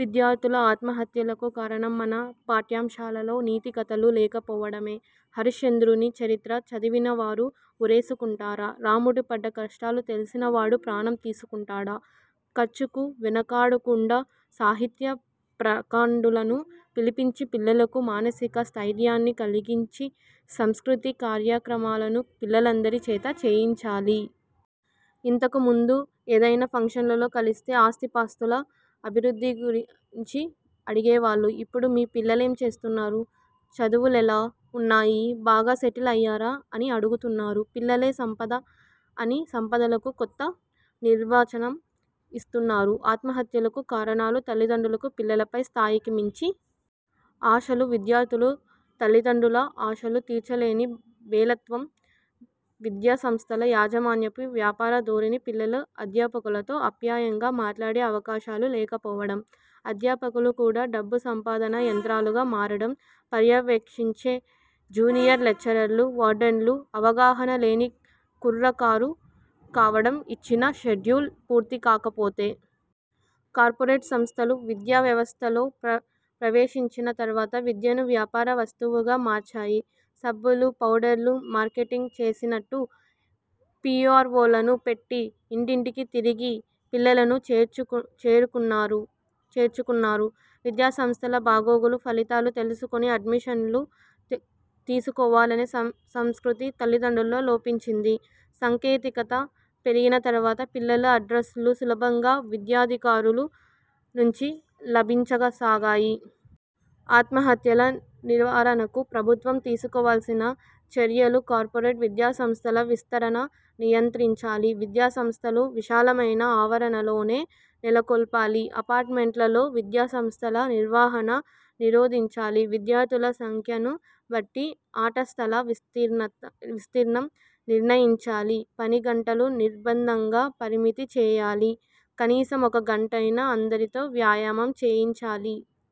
విద్యార్థుల ఆత్మహత్యలకు కారణం మన పాఠ్యాంశాలలో నీతి కథలు లేకపోవడమే. హరిశ్చంద్రుని చరిత్ర చదివినవారు ఉరేసుకుంటారా? రాముడు పడ్డ కష్టాలు తెలిసిన వాడు ప్రాణం తీసుకుంటాడా? ఖర్చుకు వెనుకాడకుండా సాహిత్య ప్రకాండులను పిలిపించి పిల్లలకు మానసిక స్థైర్యాన్ని కలిగించి సంస్కృతి కార్యక్రమాలను పిల్లలందరి చేత చేయించాలి. ఇంతకు ముందు ఏదైనా ఫంక్షన్లలో కలిస్తే ఆస్తిపాస్తుల అభివృద్ధిని గురించి అడిగేవాళ్ళు. ఇప్పుడు మీ పిల్లలేం చేస్తున్నారు? చదువులెలా వున్నాయి? బాగా సెటిల్ అయ్యారా? అని అడుగుతున్నారు. పిల్లలే సంపద అని సంపదలకు కొత్త నిర్వచనం ఇస్తున్నారు. ఆత్మహత్యలకు కారణాలు తల్లిదండ్రులకు పిల్లలపై స్ధాయికి మించి ఆశలు విద్యార్థులు తల్లిదండ్రుల ఆశలు తీర్చలేని బేలత్వం విద్యాసంస్థల యాజమాన్యపు వ్యాపార ధోరణి పిల్లలు అధ్యాపకులతో అప్యాయంగా మాట్లాడే అవకాశాలు లేకపోవడం అధ్యాపకులు కూడా డబ్బు సంపాదన యంత్రాలుగా మారడం పర్యవేక్షించే జూనియర్ లెక్చరర్లు, వార్డెన్లు అవగాహన లేని కుర్రకారు కావడం ఇచ్చిన షెడ్యూల్ పూర్తికాకపోతే కార్పొరేట్ సంస్థలు, విద్యావ్యవస్థలో ప్రవేశించిన తరువాత విద్యను వ్యాపార వస్తువుగా మార్చాయి. సబ్బులు, పౌడర్లు మార్కెటింగ్ చేసినట్లు పీఆర్వోలను పెట్టి ఇంటింటికీ తిరిగి పిల్లలను చేర్చుకున్నారు. విద్యాసంస్థల బాగోగులు, ఫలితాలు తెలుసుకొని అడ్మిషన్లు తీసుకోవాలనే సంస్కృతి తల్లిదండ్రుల్లో లోపించింది. సాంకేతికత పెరిగిన తరువాత పిల్లల అడ్రస్సులు సులభంగా విద్యాధికారుల నుంచి లభించసాగాయి. ఆత్మహత్యల నివారణకు ప్రభుత్వం తీసుకోవలసిన చర్యలు కార్పొరేట్ విద్యాసంస్థల విస్తరణ నియంత్రించాలి విద్యాసంస్థలు విశాలమైన ఆవరణలోనే నెలకొల్పాలి అపార్ట్మెంట్లలో విద్యాసంస్థల నిర్వహణ నిరోధించాలి విద్యార్థుల సంఖ్యను బట్టి ఆటస్థల విస్తీర్ణత విస్తీర్ణం నిర్ణయించాలి పనిగంటలు నిర్బంధంగా పరిమితి చేయాలి కనీసం ఒక గంటైనా అందరితో వ్యాయామం చేయించాలి